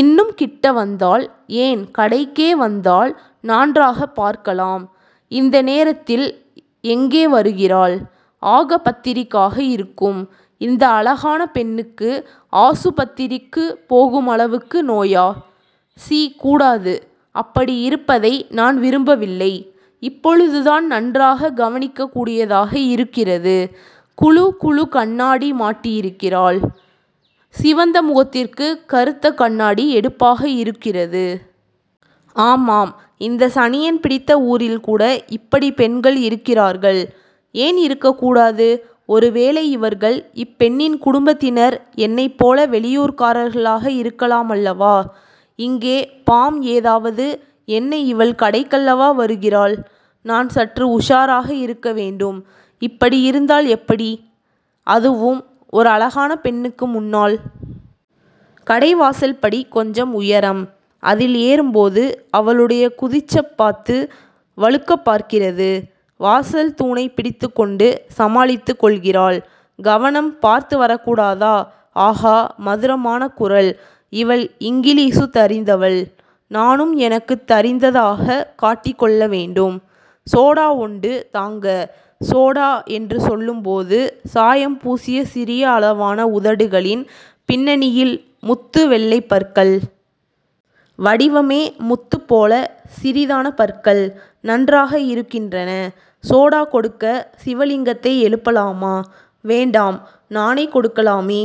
இன்னும் கிட்டவந்தால் ஏன் கடைக்கே வந்தால்? நான்றாகப் பார்க்கலாம். இந்த நேரத்தில் எங்கே வருகிறாள்? ஆகப்பத்திரிக்காக இருக்கும். இந்த அழகான பெண்ணுக்கு ஆசுப்பத்திரி க்குப் போகுமளவுக்கு நோயா? சீ கூடாது. அப்படியிருப்பதை நான் விரும்பவில்லை. இப்பொழுதுதான் நன்றாகக் கவனிக்கக்கூடியதாக இருக்கிறது. குழுகுழு கண்ணாடி மாட்டியிருக்கிறாள். சிவந்த முகத்திற்கு கறுத்தக் கண்ணாடி எடுப்பாக இருக்கிறது. ஆமாம் இந்தச் சனியன் பிடித்த ஊரில்கூட இப்படிப் பெண்கள் இருக்கிறார்கள்? ஏன் இருக்கக் கூடாது? ஒருவேளை இவர்கள் இப்பெண்ணின் குடும்பத்தினர் என்னைப்போல வெளியூர்க்காரர்களாக இருக்கலாமல்லவா? இங்கே பாம் எதாவது என்ன இவள் கடைக்கல்லவா வருகிறாள்? நான் சற்று உஷாராக இருக்கவேண்டும். இப்படி இருந்தால் எப்படி? அதுவும் ஒரு அழகான பெண்ணுக்கு முன்னால். கடைவாசல்படி கொஞ்சம் உயரம். அதில் ஏறும்போது அவளுடைய குதிச்சப்பாத்து வழுக்கப் பார்க்கிறது. வாசல் தூணைப் பிடித்துக்கொண்டு சமாளித்துக் கொள்கிறாள் கவனம் பாத்துவரக்கூடாதா ஆகா மதுரமான குரல் இவள் இங்கிலீசு தரிந்தவள். நானும் எனக்குத் தரிந்ததாகக் காட்டிக்கொள்ளவேண்டும். சோடா ஒண்டு தாங்க சோடா என்று சொல்லும்போது சாயம்பூசிய சிறிய அளவான உதடுகளின் பின்னணியில் முத்து வெள்ளைப் பற்கள்... வடிவமே முத்துப்போலச் சிறிதான பற்கள். நன்றாக இருக்கின்றன. சோடா கொடுக்க சிவலிங்கத்தை எழுப்பலாமா? வேண்டாம் நானே கொடுக்கலாமே!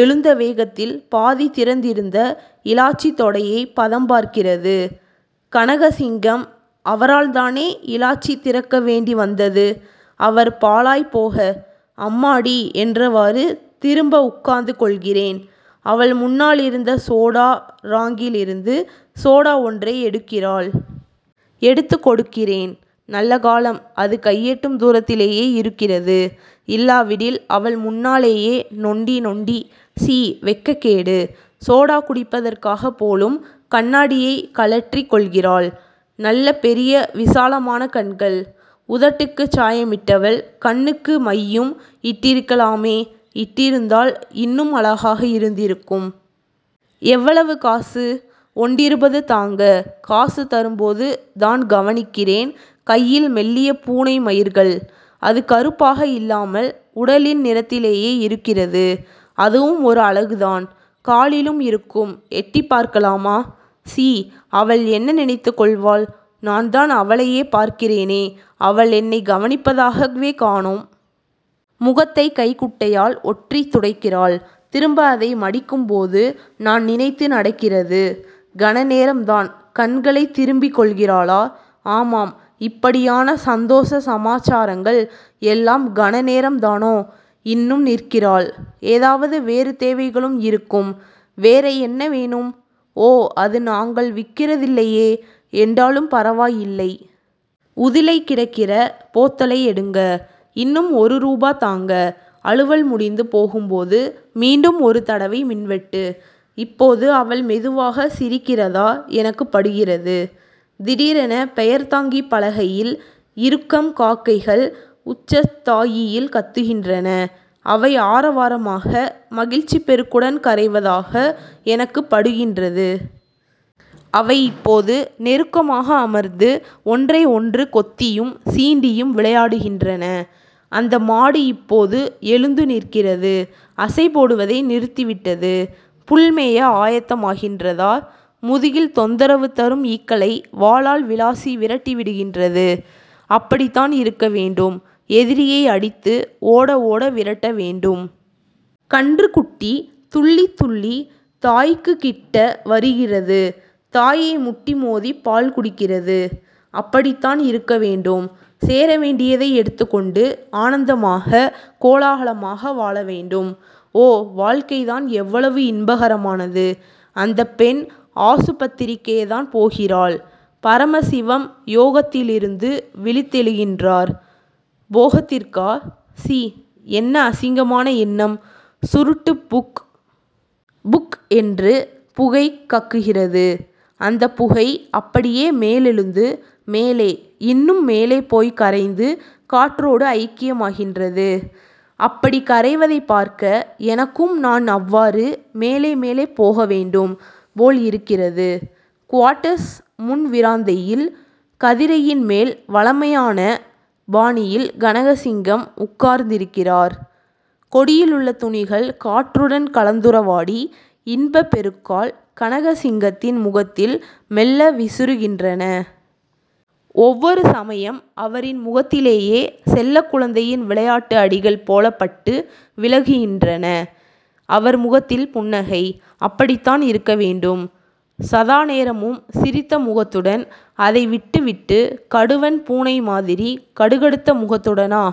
எழுந்த வேகத்தில் பாதி திறந்திருந்த இலாச்சி தொடையைப் பதம்பார்க்கிறது. கனகசிங்கம்... அவரால்தானே இலாச்சி திறக்கவேண்டி வந்தது அவர் பாழாய்ப்போக...அம்மாடி என்றவாறு திரும்ப உட்கார்ந்து கொள்கிறேன். அவள் முன்னாலிருந்த சோடா ராங்கிலிருந்து சோடா ஒன்றை எடுக்கிறாள். எடுத்துக் கொடுக்கிறேன். நல்லகாலம் அது கையெட்டும் தூரத்திலேயே இருக்கிறது. இல்லாவிடில் அவள் முன்னாலேயே நொண்டி நொண்டி சீ வெட்கக்கேடு. சோடா குடிப்பதற்காகப் போலும், கண்ணாடியைக் கழற்றிக் கொள்கிறாள். நல்ல பெரிய விசாலமான கண்கள். உதட்டுக்குச் சாயமிட்டவள் கண்ணுக்கு மையும் இட்டிருக்கலாமே இட்டிருந்தால் இன்னும் அழகாக இருந்திருக்கும். எவ்வளவு காசு.ஒண்டிருபது தாங்க... காசு தரும்போது தான் கவனிக்கிறேன். கையில் மெல்லிய பூனை மயிர்கள். அது கறுப்பாக இல்லாமல் உடலின் நிறத்திலேயே இருக்கிறது. அதுவும் ஒரு அழகுதான்.... காலிலும் இருக்கும், எட்டிப்பார்க்கலாமா? சீ அவள் என்ன நினைத்துக் கொள்வாள்...? நான்தான் அவளையே பார்க்கிறேனே அவள் என்னைக் கவனிப்பதாகவே காணோம்... முகத்தைக் கைக்குட்டையால் ஒற்றித்துடைக்கிறாள். திரும்ப அதை மடிக்கும்போது... நான் நினைத்து நடக்கிறது. கணநேரம் தான். கண்களைத் திரும்பிக்கொள்கிறாளே ஆமாம், இப்படியான சந்தோச சமாச்சாரங்கள் எல்லாம் கணநேரம் தானோ? இன்னும் நிற்கிறாள். ஏதாவது வேறு தேவைகளும் இருக்கும்...வேறை என்ன வேணும்? ஓ அது நாங்கள் விக்கிறதில்லையே எண்டாலும் பரவாயில்லை.. உதிலை கிடக்கிற போத்தலை எடுங்க. இன்னும் ஒரு ரூபா தாங்க அலுவல் முடிந்து போகும்போது மீண்டும் ஒரு தடவை மின்வெட்டு இப்போது அவள் மெதுவாக சிரிக்கிறதா எனக்குப்படுகிறது. திடீரென பெயர்தாங்கிப் பலகையில் இருக்கம் காக்கைகள் உச்சஸ் தாயியில் கத்துகின்றன. அவை ஆரவாரமாக.... மகிழ்ச்சிப்பெருக்குடன் கரைவதாக எனக்குப் படுகின்றது. அவை இப்போ நெருக்கமாக அமர்ந்து ஒன்றைஒன்று கொத்தியும் சீண்டியும் விளையாடுகின்றன. அந்த மாடு இப்போது எழுந்து நிற்கிறது. அசைபோடுவதை நிறுத்திவிட்டது. புல்மேய ஆயத்தமாகின்றதா?... முதுகில் தொந்தரவு தரும் ஈக்களை வாலால் விளாசி விரட்டிவிடுகின்றது. அப்படித் தான் இருக்கவேண்டும் எதிரியை அடித்து ஓட.... ஓட விரட்ட வேண்டும். கன்றுக்குட்டி துள்ளித் துள்ளி தாய்க்குக்கிட்ட வருகிறது. தாயைமுட்டி மோதிப் பால் குடிக்கிறது. அப்படித்தான் இருக்கவேண்டும். சேரவேண்டியதை எடுத்துக்கொண்டு ஆனந்தமாக... கோலாகலமாக வாழவேண்டும். ஓ! வாழ்க்கைதான் எவ்வளவு இன்பகரமானது.. அந்தப்பெண் ஆசுப்பத்திரிக்கேதான் போகிறாள். பரமசிவம் யோகத்திலிருந்து விழித்தெழுகின்றார். போகத்திற்கா? சி. என்ன அசிங்கமான எண்ணம்... சுருட்டு புக்.. புக்... என்று புகை கக்குகிறது. அந்தப்புகை அப்படியே மேலெழுந்து. மேலே... இன்னும் மேலே போய்க்கரைந்து காற்றோடு ஐக்கியமாகின்றது. அப்படிக் கரைவதைப்பார்க்க, எனக்கும் நான் அவ்வாறு மேலே மேலே போக வேண்டும் போல் இருக்கிறது. குவாட்டஸ் முன்விறாந்தையில் கதிரையின் மேல் வழமையான பாணியில் கனகசிங்கம் உட்கார்ந்திருக்கிறார். கொடியிலுள்ள துணிகள் காற்றுடன் கலந்துறவாடி இன்பப் பெருக்கால் கனகசிங்கத்தின் முகத்தில் மெல்ல விசிறுகின்றன. ஓவ்வொரு சமயம் அவரின் முகத்திலேயே செல்லக்குழந்தையின் விளையாட்டு அடிகள் போலப்பட்டு விலகுகின்றன. அவர் முகத்தில் புன்னகை. அப்படித்தான் இருக்கவேண்டும்.... சதாநேரமும் சிரித்த முகத்துடன் அதைவிட்டு விட்டு கடுவன் பூனைமாதிரி கடுகடுத்த முகத்துடனா?